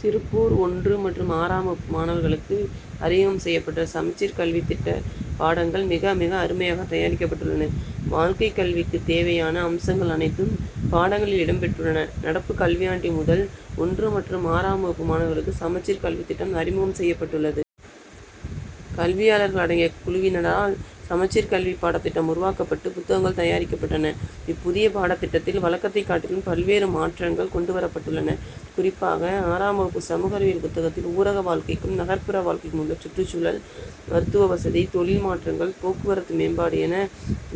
திருப்பூர் ஒன்று மற்றும் ஆறாம் வகுப்பு மாணவர்களுக்கு அறிமுகம் செய்யப்பட்டுள்ள, சமச்சீர் கல்வித்திட்ட பாடங்கள் மிக, மிக அருமையாக தயாரிக்கப்பட்டுள்ளன. வாழ்க்கை கல்விக்கு தேவையான அம்சங்கள் அனைத்தும், பாடங்களில் இடம் பெற்றுள்ளன. நடப்பு கல்வியாண்டு முதல் ஒன்று மற்றும் ஆறாம் வகுப்பு மாணவர்களுக்கு சமச்சீர் கல்வித்திட்டம் அறிமுகம் செய்யப்பட்டுள்ளது. கல்வியாளர்கள் அடங்கிய குழுவினரால், சமச்சீர் கல்வி பாடத்திட்டம் உருவாக்கப்பட்டு, புத்தகங்கள் தயாரிக்கப்பட்டன. இப்புதிய பாடத்திட்டத்தில், வழக்கத்தை காட்டிலும் பல்வேறு மாற்றங்கள் கொண்டு வரப்பட்டுள்ளன. குறிப்பாக, ஆறாம் வகுப்பு சமூக அறிவியல் புத்தகத்தில் ஊரக வாழ்க்கைக்கும், நகர்ப்புற வாழ்க்கைக்கும் உள்ள சுற்றுச்சூழல், மருத்துவவசதி, தொழில்மாற்றங்கள், போக்குவரத்து மேம்பாடு என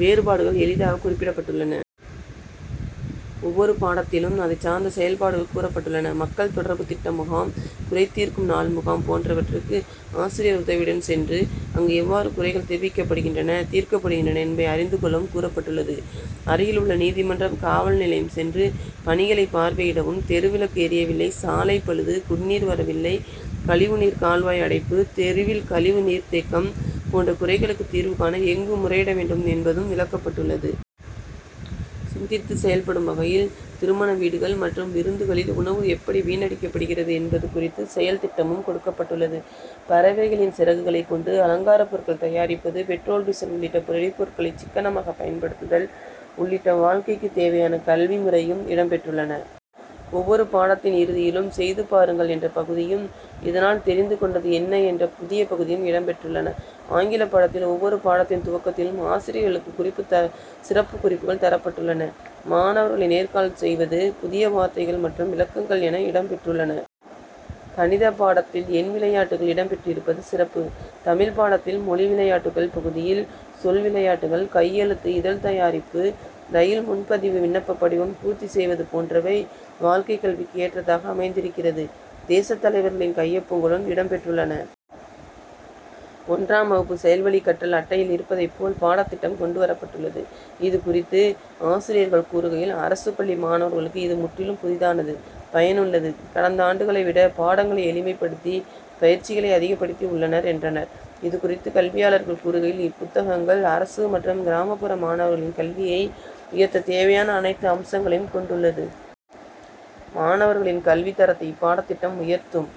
வேறுபாடுகள் எளிதாக குறிப்பிடப்பட்டுள்ளன. ஒவ்வொரு பாடத்திலும், அதைச்சார்ந்த செயல்பாடுகள் கூறப்பட்டுள்ளன. மக்கள் தொடர்பு திட்ட முகாம், குறைதீர்க்கும் நாள் முகாம் போன்றவற்றுக்கு ஆசிரியர் உதவியுடன் சென்று அங்கு எவ்வாறு குறைகள் தெரிவிக்கப்படுகின்றன, தீர்க்கப்படுகின்றன என்பதை அறிந்து கொள்ளவும் கூறப்பட்டுள்ளது. அருகில் உள்ள நீதிமன்றம், காவல் நிலையம் சென்று பணிகளை பார்வையிடவும், தெருவிளக்கு எரியவில்லை, சாலை பழுது, குடிநீர் வரவில்லை, கழிவு நீர் கால்வாய் அடைப்பு, தெருவில் கழிவு நீர் தேக்கம் போன்ற குறைகளுக்கு தீர்வு காண, எங்கு முறையிட வேண்டும் என்பதும் விளக்கப்பட்டுள்ளது. சிந்தித்து செயல்படும் வகையில், திருமண வீடுகள் மற்றும் விருந்துகளில் உணவு எப்படி வீணாக்கப்படுகிறது என்பது குறித்த செயல் திட்டமும் கொடுக்கப்பட்டுள்ளது. பறவைகளின் சிறகுகளை கொண்டு அலங்கார பொருட்கள் தயாரிப்பது, பெட்ரோல், டீசல் உள்ளிட்ட எரிபொருட்களை சிக்கனமாக பயன்படுத்துதல் உள்ளிட்ட வாழ்க்கைக்கு தேவையான கல்வி முறையும் இடம் பெற்றுள்ளன. ஒவ்வொரு பாடத்தின் இறுதியிலும், செய்து பாருங்கள் என்ற பகுதியும், இதனால் தெரிந்து கொண்டது என்ன என்ற புதிய பகுதியும் இடம் பெற்றுள்ளன. ஆங்கிலப் பாடத்தில், ஒவ்வொரு பாடத்தின் துவக்கத்திலும் ஆசிரியர்களுக்கு குறிப்பு சிறப்பு குறிப்புகள் தரப்பட்டுள்ளன. மாணவர்களை நேர்காணல் செய்வது, புதிய வார்த்தைகள் மற்றும் விளக்கங்கள் என இடம் பெற்றுள்ளன. கணித பாடத்தில், எண் விளையாட்டுகள் இடம் பெற்றிருப்பது சிறப்பு. தமிழ் பாடத்தில், மொழி விளையாட்டுகள் பகுதியில், சொல் விளையாட்டுகள், கையெழுத்து இதழ் தயாரிப்பு, ரயில் முன்பதிவு விண்ணப்ப படிவம் பூர்த்தி செய்வது போன்றவை வாழ்க்கை கல்விக்கு ஏற்றதாக அமைந்திருக்கிறது, தேச தலைவர்களின் கையொப்பங்களும் இடம் பெற்றுள்ளன. ஒன்றாம் வகுப்பு செயல்வழி கற்றல் அட்டையில் இருப்பதை போல், பாடத்திட்டம் கொண்டு வரப்பட்டுள்ளது. இதுகுறித்து ஆசிரியர்கள் கூறுகையில், அரசு பள்ளி மாணவர்களுக்கு இது முற்றிலும் புதிதானது, பயனுள்ளது. கடந்தாண்டுகளை விட, பாடங்களை எளிமைப்படுத்தி, பயிற்சிகளை அதிகப்படுத்தி உள்ளனர், என்றனர். இதுகுறித்து கல்வியாளர்கள் கூறுகையில், இப்புத்தகங்கள், அரசு மற்றும் கிராமப்புற மாணவர்களின் கல்வியை உயர்த்த தேவையான அனைத்து அம்சங்களையும் கொண்டுள்ளது. மாணவர்களின் கல்வி தரத்தை இப்பாடத்திட்டம் உயர்த்தும்.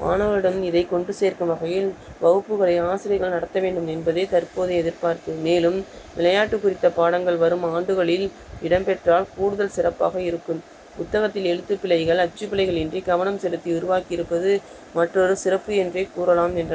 மாணவர்களிடம் இதை கொண்டு சேர்க்கும் வகையில் வகுப்புகளை ஆசிரியர்கள் நடத்த வேண்டும் என்பதே தற்போதைய எதிர்பார்ப்பு. மேலும், விளையாட்டு குறித்த பாடங்கள் வரும் ஆண்டுகளில் இடம் பெற்றால், கூடுதல் சிறப்பாக இருக்கும். புத்தகத்தில், எழுத்து பிழைகள், அச்சு பிழைகள் இன்றி, கவனம் செலுத்தி உருவாக்கி இருப்பது, மற்றொரு சிறப்பு என்றே கூறலாம், என்றனர்.